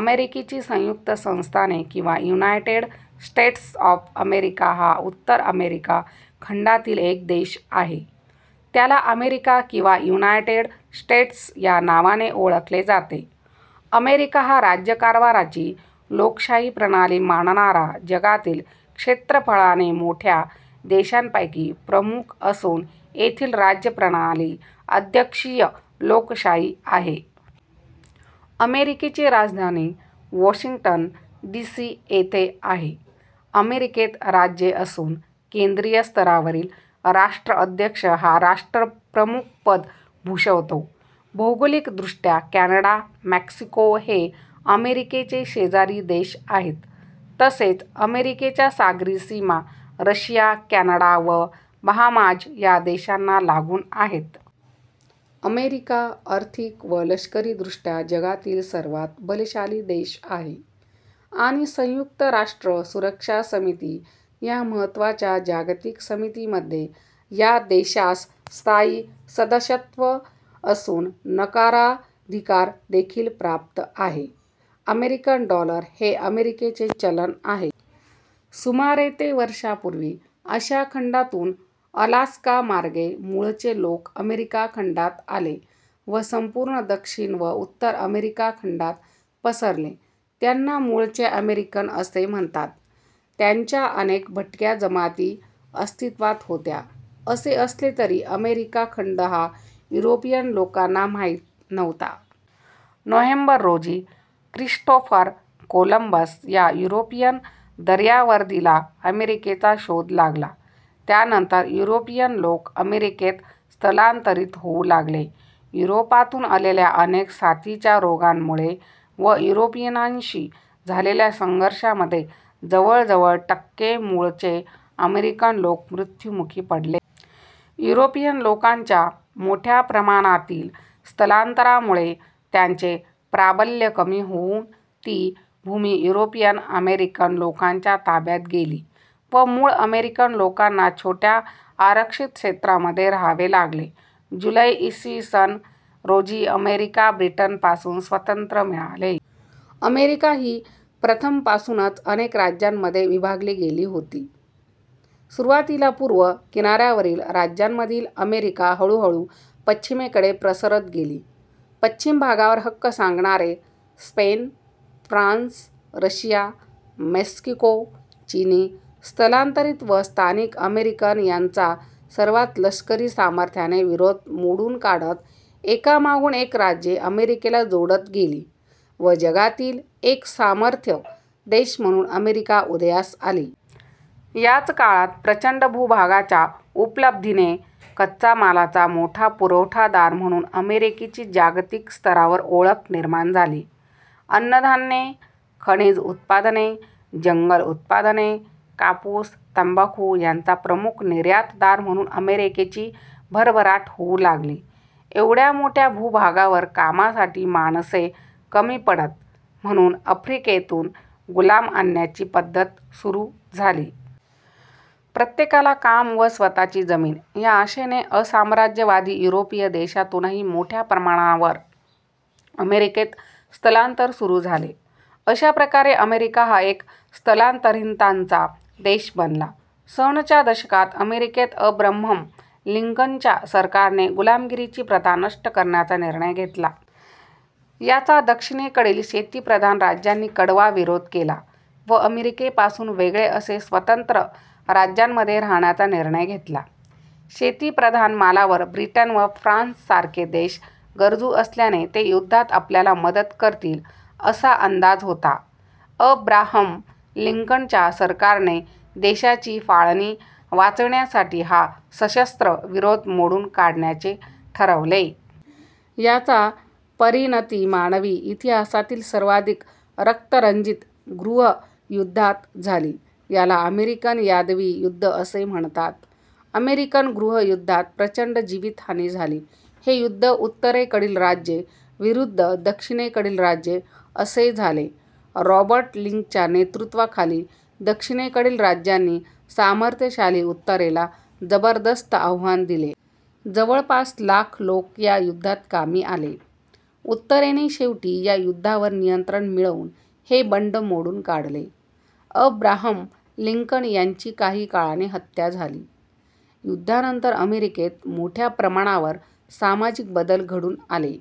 अमेरिकेची संयुक्त संस्थाने किंवा युनायटेड स्टेट्स ऑफ अमेरिका हा उत्तर अमेरिका खंडातील एक देश आहे. त्याला अमेरिका आणि युनायटेड स्टेट्स या नावानींही ओळखले जाते. अमेरिका हा राज्यकारभाराची लोकशाही प्रणाली मानणारा जगातील क्षेत्रफळाने मोठ्या देशांपैकी प्रमुख असून येथील राज्यप्रणाली 'अध्यक्षीय लोकशाही' आहे. अमेरिकेची राजधानी 'वॉशिंग्टन डी. सी. ' येथे आहे. अमेरिकेत राज्ये असून केंद्रीय स्तरावरील राष्ट्राध्यक्ष हा राष्ट्रप्रमुखपद भूषवतो. भौगोलिकदृष्ट्या कॅनडा, मेक्सिको हे अमेरिकेचे शेजारी देश आहेत, तसेच अमेरिकेच्या सागरी सीमा रशिया, कॅनडा व बहामाज् ह्या देशांना लागून आहेत. अमेरिका आर्थिक व लष्करीदृष्ट्या जगातील सर्वांत बलशाली देश आहे आणि संयुक्त राष्ट्र सुरक्षा समिती या महत्त्वाच्या जागतिक समितीमध्ये या देशास स्थायी सदस्यत्व असून नकाराधिकार देखील प्राप्त आहे. अमेरिकन डॉलर हे अमेरिकेचे चलन आहे. सुमारे ते वर्षांपूर्वी, आशिया खंडातून अलास्कामार्गे मूळचे लोक अमेरिका खंडात आले व संपूर्ण दक्षिण व उत्तर अमेरिका खंडात पसरले. त्यांना मूळचे अमेरिकन असे म्हणतात. त्यांच्या अनेक भटक्या जमाती अस्तित्वात होत्या. असे असले तरी अमेरीका खंड हा युरोपियन लोकांना माहित नव्हता. नोव्हेंबर रोजी क्रिस्टोफर कोलंबस या युरोपियन दर्यावर्दीला अमेरिकेचा शोध लागला. त्यानंतर युरोपियन लोक अमेरिकेत स्थलांतरित होऊ लागले. युरोपातून आलेल्या अनेक साथीच्या रोगांमुळे व युरोपियनांशी झालेल्या संघर्षांमध्ये जवळजवळ टक्के मूळचे अमेरिकन लोक मृत्युमुखी पडले. युरोपियन लोकांच्या मोठ्या प्रमाणातील स्थलांतरामुळे त्यांचे प्राबल्य कमी होऊन ती भूमी युरोपियन अमेरिकन लोकांच्या ताब्यात गेली व मूळ अमेरिकन लोकांना छोट्या आरक्षित क्षेत्रांमध्ये राहावे लागले. जुलै, इ. स. रोजी अमेरिकेला ब्रिटनपासून स्वातंत्र्य मिळाले. अमेरिका ही प्रथमपासूनच अनेक राज्यांमध्ये विभागलेली होती. सुरुवातीला पूर्व किनाऱ्यावरील राज्यांमधील अमेरिका हळूहळू पश्चिमेकडे प्रसरत गेली. पश्चिम भागावर हक्क सांगणारे, स्पेन, फ्रान्स, रशिया, मेक्सिको, चिनी स्थलांतरित व स्थानिक अमेरिकन यांचा सर्वांचा लष्करी सामर्थ्याने विरोध मोडून काढत एकामागून एक राज्ये अमेरिकेला जोडत गेली व जगातील एक समर्थ देश म्हणून अमेरिका उदयास आली. याच काळात प्रचंड भूभागाच्या उपलब्धीने कच्च्या मालाचा मोठा पुरवठादार म्हणून अमेरिकेची जागतिक स्तरावर ओळख निर्माण झाली. अन्नधान्ये, खनिज उत्पादने, जंगल उत्पादने, कापूस, तंबाखू यांचा प्रमुख निर्यातदार म्हणून अमेरिकाची भरभराट होऊ लागली. एवढ्या मोठ्या भूभागावर कामासाठी माणसे कमी पडत म्हणून आफ्रिकेतून गुलाम आणण्याची पद्धत सुरू झाली. प्रत्येकाला काम व स्वतःची जमीन या आशेने असाम्राज्यवादी युरोपीय देशातूनही मोठ्या प्रमाणावर अमेरिकेत स्थलांतर सुरू झाले. अशा प्रकारे अमेरिका हा एक स्थलांतरितांचा देश बनला. सन च्या दशकात अमेरिकेत अब्राहम लिंकनच्या सरकारने गुलामगिरीची प्रथा नष्ट करण्याचा निर्णय घेतला. याचा दक्षिणेकडील शेतीप्रधान राज्यांनी कडवा विरोध केला व अमेरिकेपासून वेगळे असे स्वतंत्र राज्यांमध्ये रहाण्याचा निर्णय घेतला. शेतीप्रधान मालावर ब्रिटन व फ्रान्ससारखे देश गरजू असल्याने ते युद्धात आपल्याला मदत करतील असा अंदाज होता. अब्राहम लिंकनच्या सरकारने देशाची फाळणी वाचवण्यासाठी हा सशस्त्र विरोध मोडून काढण्याचे ठरवले. याचा परिणती मानवी इतिहासातील सर्वाधिक रंक्तरंजित गृहयुद्धात झाली. याला अमेरिकन यादवी युद्ध असे म्हणतात. अमेरिकन गृहयुद्धात प्रचंड जीवित हानी झाली. हे युद्ध उत्तरेकडील राज्ये विरुद्ध दक्षिणेकडील राज्ये असे झाले. रॉबर्ट लींच्या नेतृत्वाखाली दक्षिणेकडील राज्यांनी सामर्थ्यशाली उत्तरेला जबरदस्त आव्हान दिले. जवळपास लाख लोक या युद्धात कामी आले. उत्तरेने शेवटी या युद्धावर नियंत्रण मिळवून हे बंड मोडून काढले. अब्राहम लिंकन यांची काही काळाने हत्या झाली. युद्धानंतर अमेरिकेत मोठ्या प्रमाणावर सामाजिक बदल घडून आले.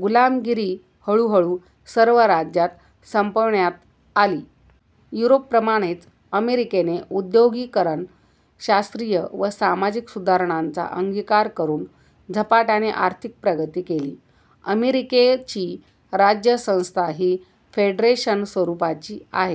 गुलामगिरी हळूहळू सर्व राज्यांत संपवण्यात आली. युरोपप्रमाणेच अमेरिकेने उद्योगीकरण ,शास्त्रीय व सामाजिक सुधारणांचा अंगिकार करून झपाट्याने आर्थिक प्रगती केली. अमेरिकची राज्य संस्था ही फेडरेशन स्वरूपाची आहे.